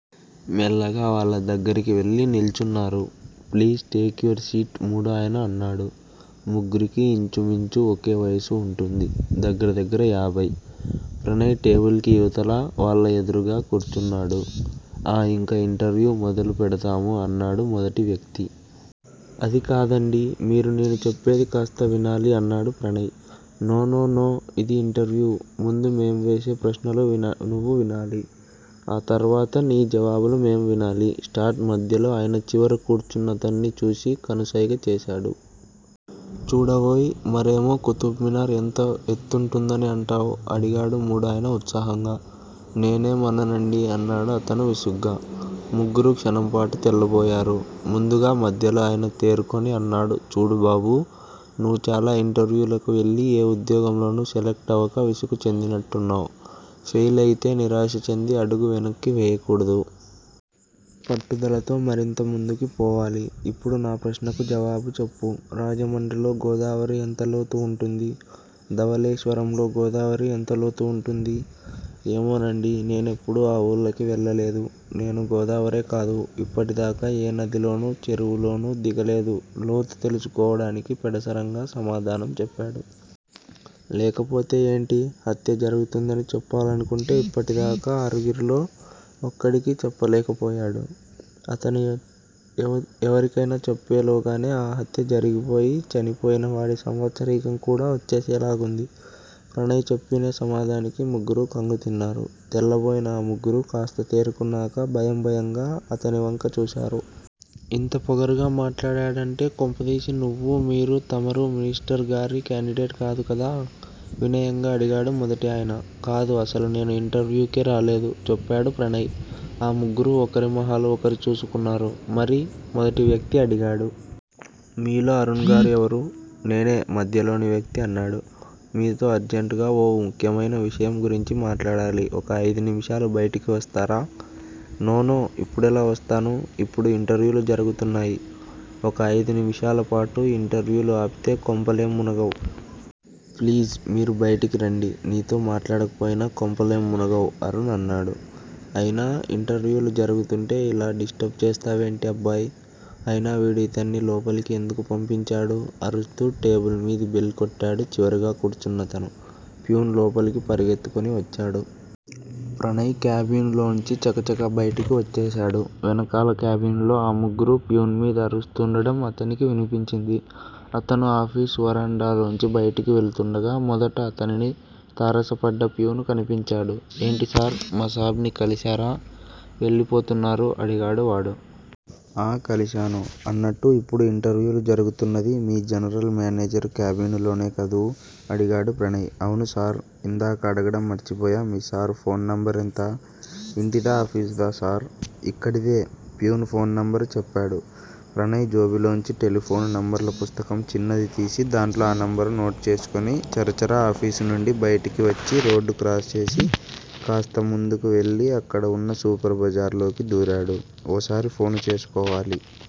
మెల్లగా వాళ్ళ దగ్గరికి వెళ్ళి నిల్చున్నారు. ప్లీజ్! టేక్ యువర్ సీట్ మూడో ఆయన అన్నాడు. ముగ్గురికీ ఇంచుమించు ఒకే వయసు వుంటుంది. దగ్గర దగ్గర యాభై! ప్రణయ్ టేబుల్ కి ఇవతల, వాళ్ళ ఎదురుగా కూర్చున్నాడు. ఆ ఇంక ఇంటర్వ్యూ మొదలుపెడ్తాము అన్నాడు మొదటి వ్యక్తి. అది కాదండీ మీరు నేను చెప్పేది కాస్త వినాలి అన్నాడు ప్రణయ్. నో! నో! నో! ఇది ఇంటర్వ్యూ ముందు మేం వేసే ప్రశ్నలు నువ్వు వినాలి ఆ తర్వాత నీ జవాబులు మేము వినాలి. స్టార్ట్ మధ్యలో ఆయన చివర కూర్చున్నతన్ని చూసి కనుసైగ చేశాడు. చూడవోయ్! మరేమో కుతుబ్ మీనార్ ఎంత ఎత్తుంటుందని అంటావ్? అడిగాడు మూడో అయన ఉత్సాహంగా. నేనేం అననండీ అన్నాడు అతను విసుగ్గా. ముగ్గురూ క్షణంపాటు తెల్లబోయారు. ముందుగా మద్యలో అయన తేరుకుని అన్నాడు చూడు బాబూ! నువ్వు చాలా ఇంటర్వ్యూలకి వెళ్ళి ఏ ఉద్యోగం లోనూ సెలెక్ట్ అవక విసుగు చెందినట్టున్నావ్, ఫెయిలయితే నిరాశ చెంది అడుగు వెనక్కి వేయకూడదు. పట్టుదలతో మరింత ముందుకి పోవాలి. ఇప్పుడు నా ప్రశ్నకు జవాబు చెప్పు. రాజమండ్రిలో గోదావరి ఎంత లోతు వుంటుంది? ధవళేశ్వరంలో గోదావరి ఎంత లోతు వుంటుంది? ఏమోనండీ నేనెప్పుడూ ఆ వూళ్ళకి వెళ్ళలేదు. నేను గోదావరే కాదు ఇప్పటిదాకా ఏ నదిలోనూ, చెరువులోనూ దిగలేదు లోతు తెలుసు కోవడానికి పెడసరంగా సమాధానం చెప్పాడు. లేకపోతే ఏంటి? హత్య జరుగుతుందని చెప్పాలనుకుంటే ఇప్పటి దాకా ఆరుగురిలో ఒక్కడికీ చెప్పలేకపోయాడు, అతను ఎవరికయినా చెప్పెలోగానే ఆ హత్య జరిగిపోయి, చనిపోయిన వాడి సంవత్సరీకం కూడా వచ్చేసేలాగుంది. ప్రణయ్ చెప్పిన సమాధానానికి ముగ్గురూ ఖంగుతిన్నారు. తెల్లబోయిన ఆ ముగ్గురూ కాస్త తేరుకున్నాక భయం భయంగా అతనివంక చూశారు. ఇంత పొగరుగా మాట్లాడాడంటే కొంపదీసి నువ్వూ మీరూ తమరూ మినిస్టర్ గారి క్యాండిడేట్ కాదు కదా? వినయంగా అడిగాడు మొదటి ఆయన. కాదు అసలు నేను ఇంటర్వ్యూకే రాలేదు చెప్పాడు ప్రణయ్. ఆ ముగ్గురూ ఒకరి మొహాలు ఒకరు చూసుకున్నారు. మరి? మొదటి వ్యక్తి అడిగాడు. మీలో అరుణ్ గారు ఎవరు? నేనే మధ్యలోని వ్యక్తి అన్నాడు. మీతో అర్జెంటుగా ఓ ముఖ్యమైన విషయం గురించి మాట్లాడాలి. ఒక అయిదు నిమిషాలు బయటికి వస్తారా? నో! నో! ఇప్పుడెలా వస్తాను? ఇప్పుడు ఇంటర్వ్యూలు జరుగుతున్నాయి. ఒక అయిదు నిమిషాలపాటు ఇంటర్వ్యూలు ఆపితే కొంపలేంమునగవ్. ప్లీజ్! మీరు బయటికిరండి. నీతో మాటాడకపోయినా కొంపలేం మునగవ్ అరుణ్ అన్నాడు. అయినా ఇంటర్వ్యూలు జరుగుతుంటే ఇలా డిస్టర్బ్ చేస్తావేంటి అబ్బాయ్? అయినా వీడు ఇతన్ని లోపలికి ఎందుకు పంపించాడు? అరుస్తూ టేబిల్ మీది బెల్ కొట్టాడు చివరగా కూర్చున్నతను. ఫ్యూన్ లోపలికి పరిగెత్తుకుని వచ్చాడు. ప్రణయ్ క్యాబినులోంచి చకచకా బయటికి వచ్చేశాడు. వెనకాల క్యాబినులో ఆ ముగ్గురూ ఫ్యూన్ మీద అరుస్తూండడం అతనికి వినిపించింది. అతను ఆఫీసు వరండాలోంచి బయటికి వెళుతుండగా మొదట అతనికి తారసపడ్డ ఫ్యూను కనిపించాడు. ఏంటి సార్? మా సాబ్ ని కలిశారా? వెళ్ళిపోతున్నారు అడిగాడు వాడు. ఆ కలిశాను. అన్నట్టు ఇప్పుడు ఇంటర్వ్యూలు జరుగుతున్నది. మీ జనరల్ మేనేజరు క్యాబినులోనే కదూ? అడిగాడు ప్రణయ్. అవును సార్! ఇందాక అడగడం మర్చిపోయా మీ సార్ ఫోను నంబరెంత? ఇంటిదా, ఆఫీసుదా సార్? ఇక్కడిదే. ఫ్యూను ఫోను నంబరు చెప్పాడు. ప్రణయ్ జేబులోంచి టెలిఫోను నంబర్ల పుస్తకం చిన్నది తీసి దాంట్లో ఆ నంబరు నోట్ చేసుకుని చరచరా ఆఫీసునుండి బయటికివచ్చి రోడ్డు క్రాస్ చేసి, కాస్త ముందుకు వెళ్ళి అక్కడ వున్న సూపర్ బజార్లోకి దూరాడు. ఓసారి ఫోను చేసుకోవాలి